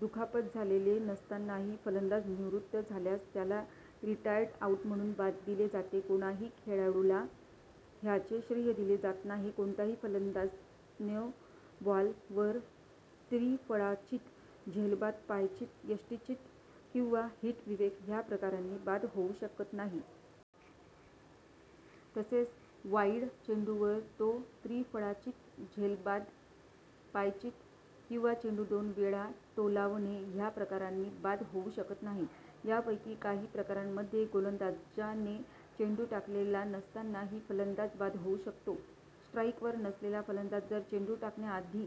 दुखापत झालेली नसतानाही फलंदाज निवृत्त झाल्यास त्याला रिटायर्ड आऊट म्हणून बाद दिले जाते; कोणाही खेळाडूला ह्याचे श्रेय दिले जात नाही. कोणताही फलंदाज नो बॉल वर त्रिफळाचीत, झेलबाद, पायचीत, यष्टिचीत किंवा हिट विकेट ह्या प्रकारांनी बाद होऊ शकत नाही. तसेच वाईड चेंडूवर तो त्रिफळाचीत, झेलबाद, पायचीत, किंवा चेंडू दोन वेळा टोलावणे ह्या प्रकारांनी बाद होवू शकत नाही. यापैकी काही प्रकारांमध्ये गोलंदाजाने चेंडू टाकलेला नसतानाही फलंदाज बाद होऊ शकतो. स्ट्राईकवर नसलेला फलंदाज जर चेंडू टाकण्याआधी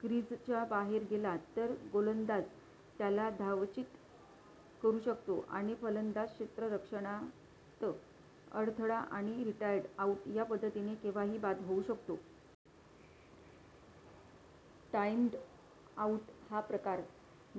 क्रिजच्या बाहेर गेला तर, गोलंदाज त्याला धावचीत करू शकतो, आणि फलंदाज क्षेत्ररक्षणात अडथळा आणि रिटायर्ड आऊट या पद्धतीने केव्हाही बाद होऊ शकतो. टाईम्ड आऊट हा प्रकार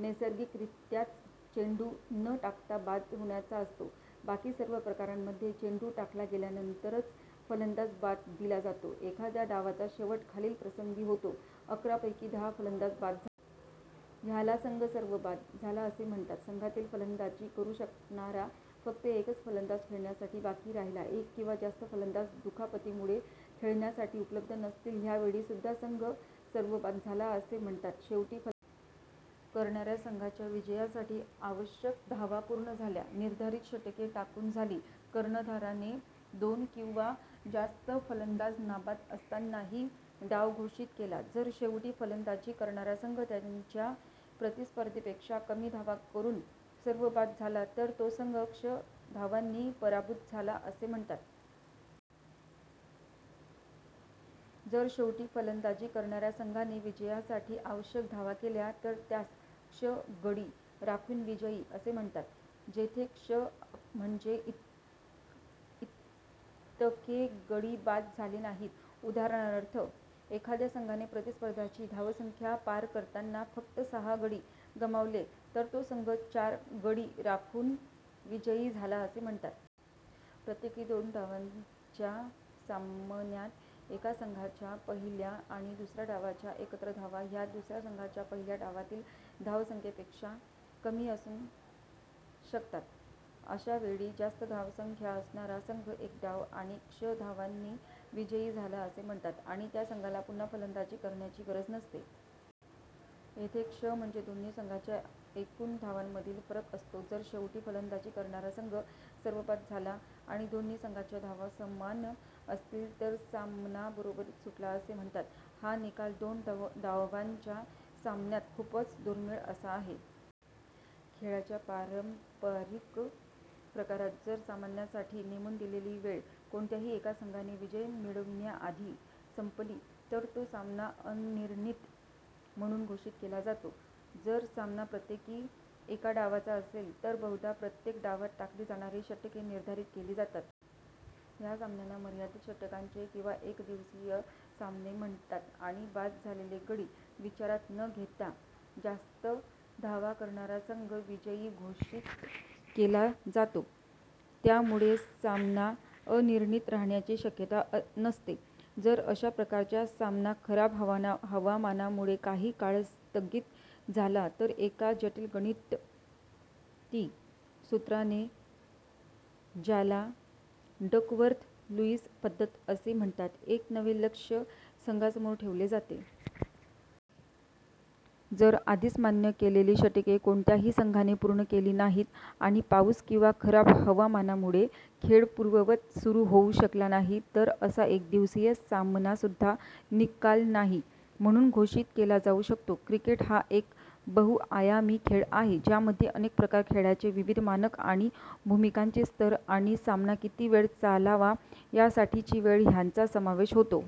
नैसर्गिगरीत्याच चेंडू न टाकता बाद होण्याचा असतो. बाकी सर्व प्रकारांमध्ये चेंडू टाकला गेल्यानंतरच फलंदाज बाद दिला जातो. एखाद्या डावाचा शेवट खालील प्रसंगी होतो: अकरा पैकी दहा फलंदाज बाद झाले; ह्याला संघ "सर्वबाद" झाला असे म्हणतात संघातील फलंदाजी करू शकणारा फक्त एकच फलंदाज खेळण्यासाठी बाकी राहिला, एक किंवा जास्त फलंदाज दुखापतीमुळे खेळण्यासाठी उपलब्ध नसतील; ह्यावेळी सुद्धा, संघ "सर्वबाद" झाला असे म्हणतात शेवटी फलंदाजी करणाऱ्या संघाच्या विजयासाठी आवश्यक धावा पूर्ण झाल्या निर्धारित षटके टाकून झाली कर्णधाराने दोन किंवा जास्त फलंदाज नाबाद असतानाही डाव घोषित केला जर शेवटी फलंदाजी करणारा संघ त्यांच्या प्रतिस्पर्ध्यापेक्षा कमी धावा करून सर्वबाद झाला, तर तो संघ " क्ष धावांनी पराभूत" झाला असे म्हणतात.. जर शेवटी फलंदाजी करणाऱ्या संघाने विजयासाठी आवश्यक धावा केल्या, तर त्यास " क्ष गडी राखून विजयी" असे म्हणतात, जेथे क्ष म्हणजे इतके गडी बाद झाले नाहीत. उदाहरणार्थ, एखाद्या संघाने प्रतिस्पर्ध्याची धावसंख्या पार करताना फक्त सहा गडी गमावले तर तो संघ "चार गडी राखून विजयी" झाला असे म्हणतात. प्रत्येकी दोन डावांच्या सामन्यात, एका संघाच्या पहिल्या आणि दुसऱ्या डावाच्या एकत्र धावा ह्या, दुसऱ्या संघाच्या पहिल्या डावातील धावसंख्येपेक्षा कमी असून शकतात. अशा वेळी जास्त धावसंख्या असणारा संघ एक डाव आणि क्ष धावांनी विजयी झाला असे म्हणतात, आणि त्या संघाला पुन्हा फलंदाजी करण्याची गरज नसते. येथे क्ष म्हणजे दोन्ही संघांच्या एकून धावांमधील फरक असतो. जर शेवटी फलंदाजी करणारा संघ सर्वबाद झाला, आणि दोन्ही संघांच्या धावा समान असतील, तर सामना बरोबरीत सुटला असे म्हणतात; हा निकाल दोन डावांच्या सामन्यात खूपच दूर्मिळ असा आहे. खेळाच्या पारंपारिक प्रकारात, जर सामन्यासाठी नेमून दिलेली वेळ कोणत्याही एका संघाने विजय मिळविण्याआधी संपली तर तो सामना अनिर्णित म्हणून घोषित केला जातो. जर सामना प्रत्येकी एका डावाचा असेल, तर बहुधा प्रत्येक डावात टाकली जाणारी षटके निर्धारित केली जातात. ह्या सामन्यांना "मर्यादित षटकांचे" किंवा "एकदिवसीय" सामने म्हणतात, आणि बाद झालेले गडी विचारात न घेता, जास्त धावा करणारा संघ विजयी घोषित केला जातो, त्यामुळे सामना अनिर्णित राहण्याची शक्यता नसते. जर अशा प्रकारचा सामना खराब हावामानामुळे काही काळ स्थगित झाला तर एका जटिल गणिती सूत्राने, ज्याला डकवर्थ-लुईस पद्धत असे म्हणतात, एक नवे लक्ष्य संघासमोर ठेवले जाते. जर आधीच मान्य केलेली षटके कोणत्याही संघाने पूर्ण केली नाहीत, आणि पाऊस किंवा खराब हवामानामुळे खेळ पूर्ववत सुरू होऊ शकला नाही तर असा एकदिवसीय सामनासुद्धा "निकाल नाही" म्हणून घोषित केला जाऊ शकतो. क्रिकेट हा एक बहुआयामी खेळ आहे, ज्यामध्ये अनेक प्रकार, खेळाचे विविध मानक आणि भूमिकांचे स्तर आणि सामना किती वेळ चालावा यासाठीची वेळ ह्यांचा समावेश होतो.